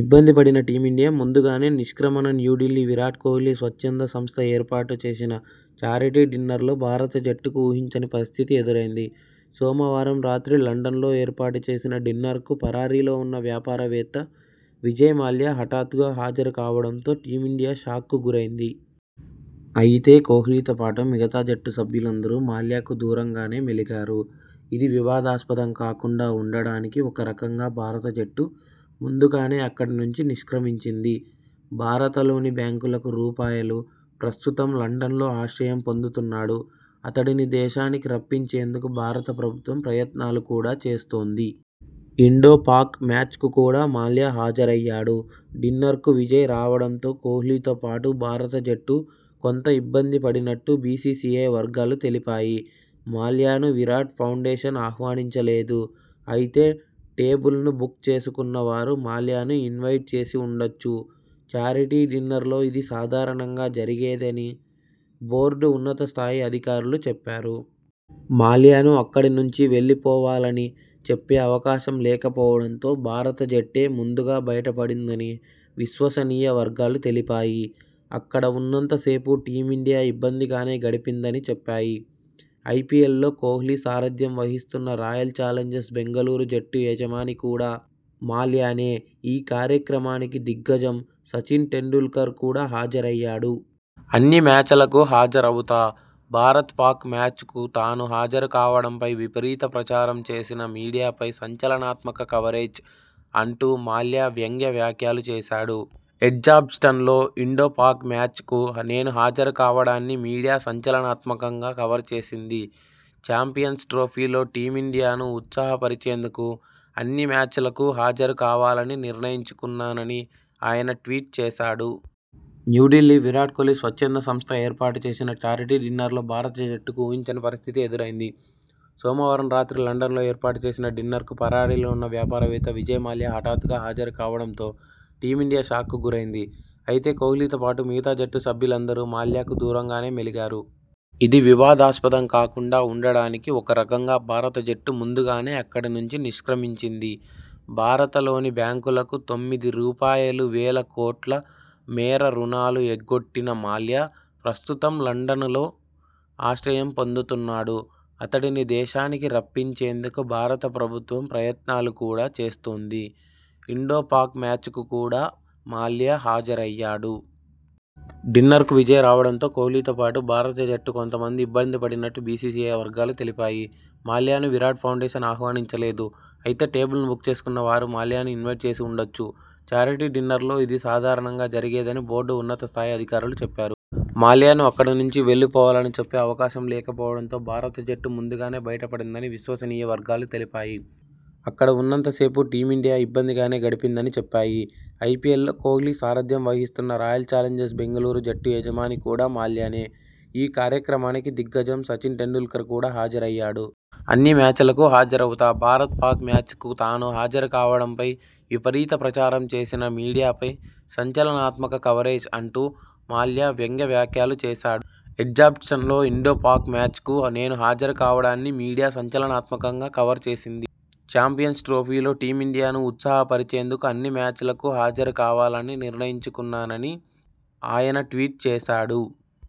ఇబ్బందిపడిన team India ముందుగానే నిష్క్రమణ న్యూఢిల్లీ విరాట్ కోహ్లీ స్వచ్ఛంద సంస్థ ఏర్పాటు చేసిన 'ఛారిటీ డిన్నర్'లో భారత జట్టుకు ఊహించని పరిస్థితి ఎదురైంది. సోమవారం రాత్రి లండన్ లో ఏర్పాటు చేసిన డిన్నర్కు పరారీలో ఉన్న వ్యాపారవేత్త విజయ్ మాల్యా హఠాత్తుగా హాజరుకావడంతో టీమిండియా షాక్కు గురైంది. అయితే కోహ్లీతోపాటు మిగతా జట్టు సభ్యులందరూ మాల్యాకు దూరంగానే మెలిగారు. ఇది వివాదాస్పదం కాకుండా ఉండడానికి ఒకరకంగా భారత జట్టు ముందుగానే అక్కడి నుంచి నిష్క్రమించింది. భారతలోని బ్యాంకులకు రూపాయలు ప్రస్తుతం లండనలో ఆశ్రయం పొందుతున్నాడు. అతడిని దేశానికి రప్పించేందుకు భారత ప్రభుత్వం ప్రయత్నాలు కూడా చేస్తోంది. ఇండో-పాక్ మ్యాచ్ కు కూడా మాల్యా హాజరయ్యాడు. డిన్నర్కు విజయ్ రావడంతో కోహ్లీతోపాటు భారత జట్టు కొంత ఇబ్బందిపడినట్టు బీసీసీఐ వర్గాలు తెలిపాయి. 'మాల్యాను విరాట్ ఫౌండేషన్ ఆహ్వానించలేదు. అయితే టేబుల్ను బుక్ చేసుకున్న వారు మాల్యాను ఇన్వైట్ చేసి ఉండొచ్చు. ఛారిటీ డిన్నర్లలో ఇది సాధారణంగా జరిగేద'ని బోర్డు ఉన్నతస్థాయి అధికారులు చెప్పారు. మాల్యాను అక్కడి నుంచి వెళ్లిపోవాలని చెప్పే అవకాశం లేకపోవడంతో.. భారత జట్టే ముందుగా బయటపడిందని విశ్వసనీయ వర్గాలు తెలిపాయి. అక్కడ ఉన్నంత సేపు టీమిండియా ఇబ్బందిగానే గడిపిందని చెప్పాయి. ఐపీఎల్లో కోహ్లీ సారథ్యం వహిస్తున్న రాయల్ చాలెంజర్స్ బెంగళూరు జట్టు యజమాని కూడా మాల్యానే ఈ కార్యక్రమానికి దిగ్గజం సచిన్ టెండూల్కర్ కూడా హాజరయ్యాడు. అన్ని మ్యాచలకూ హాజరవుతా.. భారత్-పాక్ మ్యాచ్ కు తాను హాజరుకావడంపై విపరీత ప్రచారం చేసిన మీడియాపై 'సంచలనాత్మక కవరేజ్' అంటూ మాల్యా వ్యంగ్య వ్యాఖ్యలు చేశాడు. 'ఎడ్జ్బాస్టన్ లో ఇండో-పాక్ మ్యాచ్ కు నేను హాజరుకావడాన్ని మీడియా సంచలనాత్మకంగా కవర్ చేసింది. చాంపియన్స్ ట్రోఫీలో టీమిండియాను ఉత్సాహపరిచేందుకు అన్ని మ్యాచ్ లకూ హాజరుకావాలని నిర్ణయించుకున్నాన'ని ఆయన ట్వీట్ చేశాడు. న్యూఢిల్లీ విరాట్ కోహ్లీ స్వచ్ఛంద సంస్థ ఏర్పాటు చేసిన 'ఛారిటీ డిన్నర్'లో భారత జట్టుకు ఊహించని పరిస్థితి ఎదురైంది. సోమవారం రాత్రి లండన్ లో ఏర్పాటు చేసిన డిన్నర్కు పరారీలో ఉన్న వ్యాపారవేత్త విజయ్ మాల్యా హఠాత్తుగా హాజరుకావడంతో టీమిండియా షాక్కు గురైంది. అయితే కోహ్లీతోపాటు మిగతా జట్టు సభ్యులందరూ మాల్యాకు దూరంగానే మెలిగారు. ఇది వివాదాస్పదం కాకుండా ఉండడానికి ఒకరకంగా భారత జట్టు ముందుగానే అక్కడి నుంచి నిష్క్రమించింది. భారతలోని బ్యాంకులకు తొమ్మిది రూపాయలువేల కోట్ల మేర రుణాలు ఎగ్గొట్టిన మాల్యా.. ప్రస్తుతం లండనలో ఆశ్రయం పొందుతున్నాడు. అతడిని దేశానికి రప్పించేందుకు భారత ప్రభుత్వం ప్రయత్నాలు కూడా చేస్తోంది. ఇండో-పాక్ మ్యాచ్ కు కూడా మాల్యా హాజరయ్యాడు. డిన్నర్కు విజయ్ రావడంతో కోహ్లీతోపాటు భారత జట్టు కొంత ఇబ్బందిపడినట్టు బీసీసీఐ వర్గాలు తెలిపాయి. 'మాల్యాను విరాట్ ఫౌండేషన్ ఆహ్వానించలేదు. అయితే టేబుల్ను బుక్ చేసుకున్న వారు మాల్యాను ఇన్వైట్ చేసి ఉండొచ్చు. ఛారిటీ డిన్నర్లలో ఇది సాధారణంగా జరిగేద'ని బోర్డు ఉన్నతస్థాయి అధికారులు చెప్పారు. మాల్యాను అక్కడి నుంచి వెళ్లిపోవాలని చెప్పే అవకాశం లేకపోవడంతో.. భారత జట్టే ముందుగానే బయటపడిందని విశ్వసనీయ వర్గాలు తెలిపాయి. అక్కడ ఉన్నంత సేపు టీమిండియా ఇబ్బందిగానే గడిపిందని చెప్పాయి. ఐపీఎల్లో కోహ్లీ సారథ్యం వహిస్తున్న రాయల్ చాలెంజర్స్ బెంగళూరు జట్టు యజమాని కూడా మాల్యానే..! ఈ కార్యక్రమానికి దిగ్గజం సచిన్ టెండూల్కర్ కూడా హాజరయ్యాడు. అన్ని మ్యాచలకూ హాజరవుతా.. భారత్-పాక్ మ్యాచ్ కు తాను హాజరుకావడంపై విపరీత ప్రచారం చేసిన మీడియాపై 'సంచలనాత్మక కవరేజ్' అంటూ మాల్యా వ్యంగ్య వ్యాఖ్యలు చేశాడు. 'ఎడ్జ్బాస్టన్ లో ఇండో-పాక్ మ్యాచ్ కు నేను హాజరుకావడాన్ని మీడియా సంచలనాత్మకంగా కవర్ చేసింది. చాంపియన్స్ ట్రోఫీలో టీమిండియాను ఉత్సాహపరిచేందుకు అన్ని మ్యాచ్ లకూ హాజరుకావాలని నిర్ణయించుకున్నాన'ని ఆయన ట్వీట్ చేశాడు.